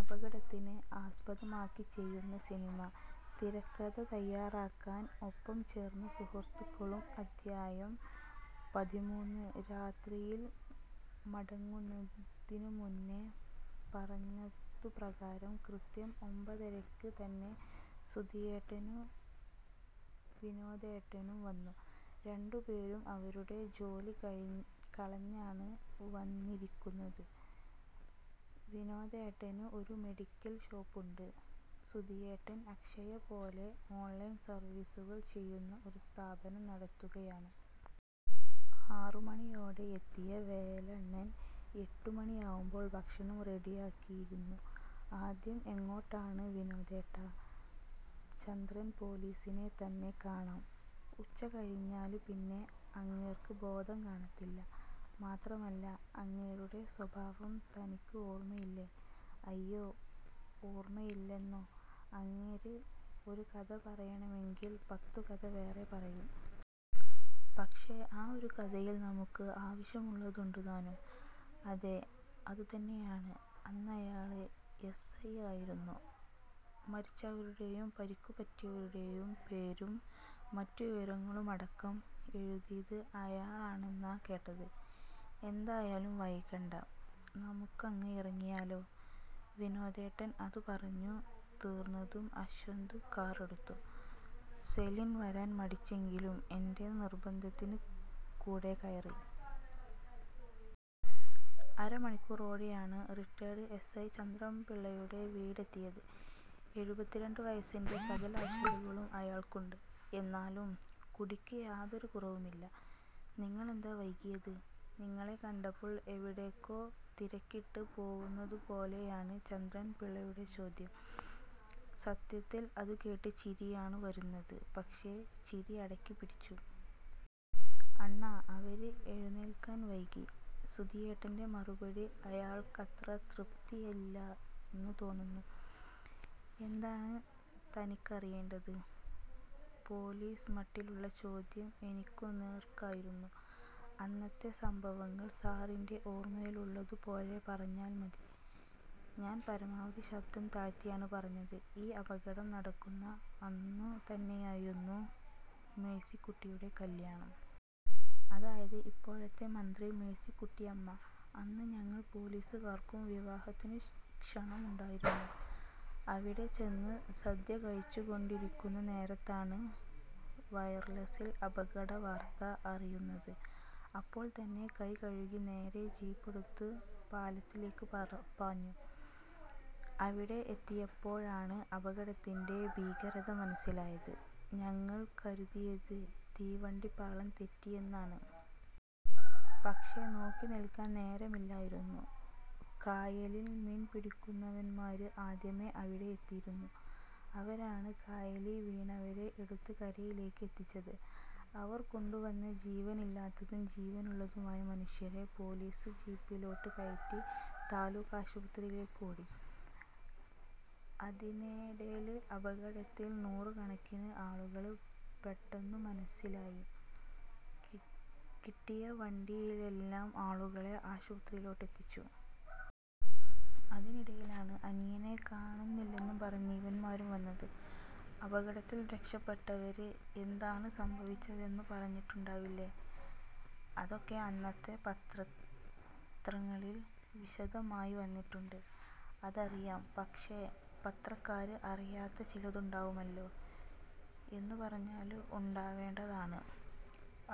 അപകടത്തിനെ ആസ്പദമാക്കി ചെയ്യുന്ന സിനിമ; തിരക്കഥ തയ്യാറാക്കാൻ ഒപ്പം ചേർന്ന് സുഹൃത്തുക്കളും അധ്യായം: പതിമൂന്ന് രാത്രിയിൽ മടങ്ങുന്നതിനു മുന്നെ പറഞ്ഞതുപ്രകാരം കൃത്യം ഒമ്പതരയ്ക്ക് തന്നെ സുധിയേട്ടനും വിനോദേട്ടനും വന്നു. രണ്ടുപേരും അവരുടെ ജോലി കളഞ്ഞാണ് വന്നിരിക്കുന്നത്. വിനോദേട്ടന് ഒരു മെഡിക്കൽ ഷോപ്പുണ്ട്. സുധിയേട്ടൻ അക്ഷയ പോലെ ഓൺലൈൻ സർവീസുകൾ ചെയ്യുന്ന ഒരു സ്ഥാപനം നടത്തുകയാണ്. ആറുമണിയോടെ എത്തിയ വേലണ്ണൻ എട്ടുമണിയാവുമ്പോൾ ഭക്ഷണം റെഡിയാക്കിയിരുന്നു. "ആദ്യം എങ്ങോട്ടാണ് വിനോദേട്ടാ? " "ചന്ദ്രൻ പൊലീസിനെ തന്നെ കാണാം. ഉച്ച കഴിഞ്ഞാല് പിന്നെ അങ്ങേർക്ക് ബോധം കാണത്തില്ല. മാത്രമല്ല, അങ്ങേരുടെ സ്വഭാവം തനിക്ക് ഓർമയില്ലേ? " "അയ്യോ. ഓർമയില്ലെന്നോ? അങ്ങേര് ഒരു കഥ പറയണമെങ്കിൽ പത്തുകഥ വേറെ പറയും. പക്ഷേ, ആ ഒരു കഥയിൽ നമുക്ക് ആവശ്യമുള്ളതുണ്ടുതാനും" "അതേ, അതുതന്നെയാണ്. അന്നയാള് എസ്. ഐ ആയിരുന്നു. മരിച്ചവരുടെയും പരിക്കുപറ്റിയവരുടെയും പേരും മറ്റു വിവരങ്ങളുമടക്കം എഴുതീത് അയാളെന്നാ കേട്ടത്. എന്തായാലും വൈകണ്ട. നമുക്കങ്ങ് ഇറങ്ങിയാലോ? " വിനോദേട്ടൻ അതു പറഞ്ഞു തീർന്നതും അശ്വന്ത് കാർ എടുത്തു. സെലിൻ വരാൻ മടിച്ചെങ്കിലും എന്റെ നിർബന്ധത്തിന് കൂടെക്കയറി. അരമണിക്കൂർ ഓടിയാണ് റിട്ടേർഡ് എസ്. ഐ ചന്ദ്രൻപിള്ളയുടെ വീടെത്തിയത്. എഴുപത്തിരണ്ടു വയസിൻ്റെ സകല അവശതകളും അയാൾക്കുണ്ട്. എന്നാലും കുടിക്ക് യാതൊരു കുറവുമില്ല. "നിങ്ങളെന്താ വൈകിയത്? " ഞങ്ങളെ കണ്ടപ്പോൾ എവിടേക്കോ തിരക്കിട്ട് പോവുന്നതു പോലയാണ് ചന്ദ്രൻ പിള്ളയുടെ ചോദ്യം. സത്യത്തിൽ അതുകേട്ട് ചിരിയാണ് വരുന്നത്. പക്ഷേ, ചിരി അടക്കിപ്പിടിച്ചു. "അണ്ണാ ഇവര് എഴുന്നേൽക്കാൻ വൈകി". സുധിയേട്ടന്റെ മറുപടി അയാൾക്കത്ര തൃപ്തിയായില്ലെന്നു തോന്നുന്നു. "എന്താണ് തനിക്കറിയേണ്ടത്? " പേൊലീസ് മട്ടിലുള്ള ചോദ്യം എനിക്കുനേർക്കായിരുന്നു. "അന്നത്തെ സംഭവങ്ങൾ സാറിന്റെ ഓർമയിലുള്ളതു പോലെ പറഞ്ഞാല് മതി". ഞാൻ പരമാവധി ശബ്ദം താഴ്ത്തിയാണ് പറഞ്ഞത്. "ഈ അപകടം നടക്കുന്ന അന്നു തന്നെയായിരുന്നു മേഴ്സിക്കുട്ടിയുടെ കല്യാണം. അതായത് ഇപ്പോഴത്തെ മന്ത്രി മേഴ്സിക്കുട്ടിയമ്മ. അന്ന് ഞങ്ങൾ പൊലീസുകാർക്കും വിവാഹത്തിനു ക്ഷണം ഉണ്ടായിരുന്നു. അവിടെ ചെന്ന് സദ്യ കഴിച്ചു കൊണ്ടിരിക്കുന്ന നേരത്താണ് വയർലെസിൽ അപകടവാർത്ത അറിയുന്നത്. അപ്പോൾ തന്നെ കൈകഴുകി നേരെ ജീപ്പെടുത്ത് പാലത്തിലേക്ക് പാഞ്ഞു. അവിടെ എത്തിയപ്പോഴാണ് അപകടത്തിന്റെ ഭീകരത മനസിലായത്. ഞങ്ങൾ കരുതിയത് തീവണ്ടി പാളം തെറ്റിയെന്നാണ്. പക്ഷേ, നോക്കി നിൽക്കാൻ നേരമില്ലായിരുന്നു. കായലിൽ മീൻപിടിക്കുന്നവന്മാര് ആദ്യമേ അവിടെ എത്തിയിരുന്നു. അവരാണ് കായലീ വീണവരെ എടുത്ത് കരയിലേക്ക് എത്തിച്ചത്. അവർ കൊണ്ടുവന്ന ജീവനില്ലാത്തത്തും ജീവനുള്ളതുമായ മനുഷ്യരെ പൊലീസ് ജീപ്പിലോട്ട് കയറ്റി താലൂക്കാശുപത്രീയിലേക്ക് ഓടി. അതിനെടേല് അപകടത്തിൽ നൂറുകണക്കിന് ആളുകള് പെട്ടെന്നു മനസിലായി. കിട്ടിയ വണ്ടിയിലെല്ലാം ആളുകളെ ആശുപത്രീലോട്ട് എത്തിച്ചു. അതിനിടയിലാണ് അനിയനെ കാണുന്നില്ലെന്നും പറഞ്ഞ് ഇവന്മാരും വന്നത്" "അപകടത്തിൽ രക്ഷപ്പെട്ടവര് എന്താണ് സംഭവിച്ചതെന്നു പറഞ്ഞിട്ടുണ്ടാവില്ലേ? " "അതൊക്കെ അന്നത്തെ പത്രങ്ങളിൽ വിശദമായി വന്നിട്ടുണ്ട്. " "അതറിയാം. പക്ഷേ, പത്രക്കാര് അറിയാത്ത ചിലതുണ്ടാവുമല്ലോ? " "എന്നു പറഞ്ഞാല് ഉണ്ടാവേണ്ടതാണ്.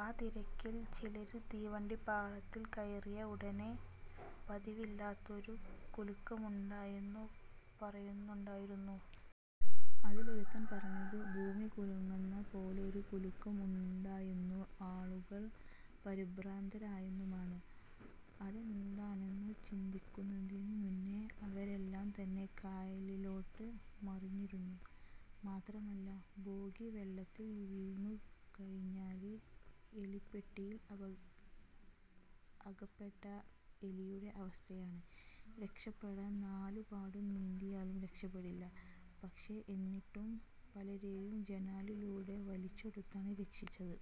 ആ തിരക്കിൽ ചിലര് തീവണ്ടി പാളത്തിൽ കയറിയ ഒടനെ പതിവില്ലാത്തൊരു കുലുക്കമുണ്ടായെന്നു പറയുന്നുണ്ടായയിരുന്നു. അതിലൊരുത്തൻ പറഞ്ഞത് ഭൂമി കുലുങ്ങന്ന പോലൊരു കുലുക്കം ഉണ്ടായെന്നും ആളുകൾ പരിഭ്രാന്തരായെന്നുമാണ്. അതെന്താണെന്നു ചിന്തിക്കുന്നതിനു മുന്നേ അവരെല്ലാം തന്നെ കായലിലോട്ട് മറിഞ്ഞിരുന്നു. മാത്രമല്ല, ബോഗി വെള്ളത്തിൽ വീണുകഴിഞ്ഞാല്, എലിപ്പെട്ടിയിൽ അകപ്പെട്ട എലിയുടെ അവസ്ഥയാണ്. രക്ഷപ്പെടാൻ നാലുപോടും നീന്തിയാലും രക്ഷപ്പെടില്ല. പക്ഷേ, എന്നിട്ടും പലരെയും ജനാലയിലൂടെ വലിച്ചെടുത്താണ് രക്ഷിച്ചത്.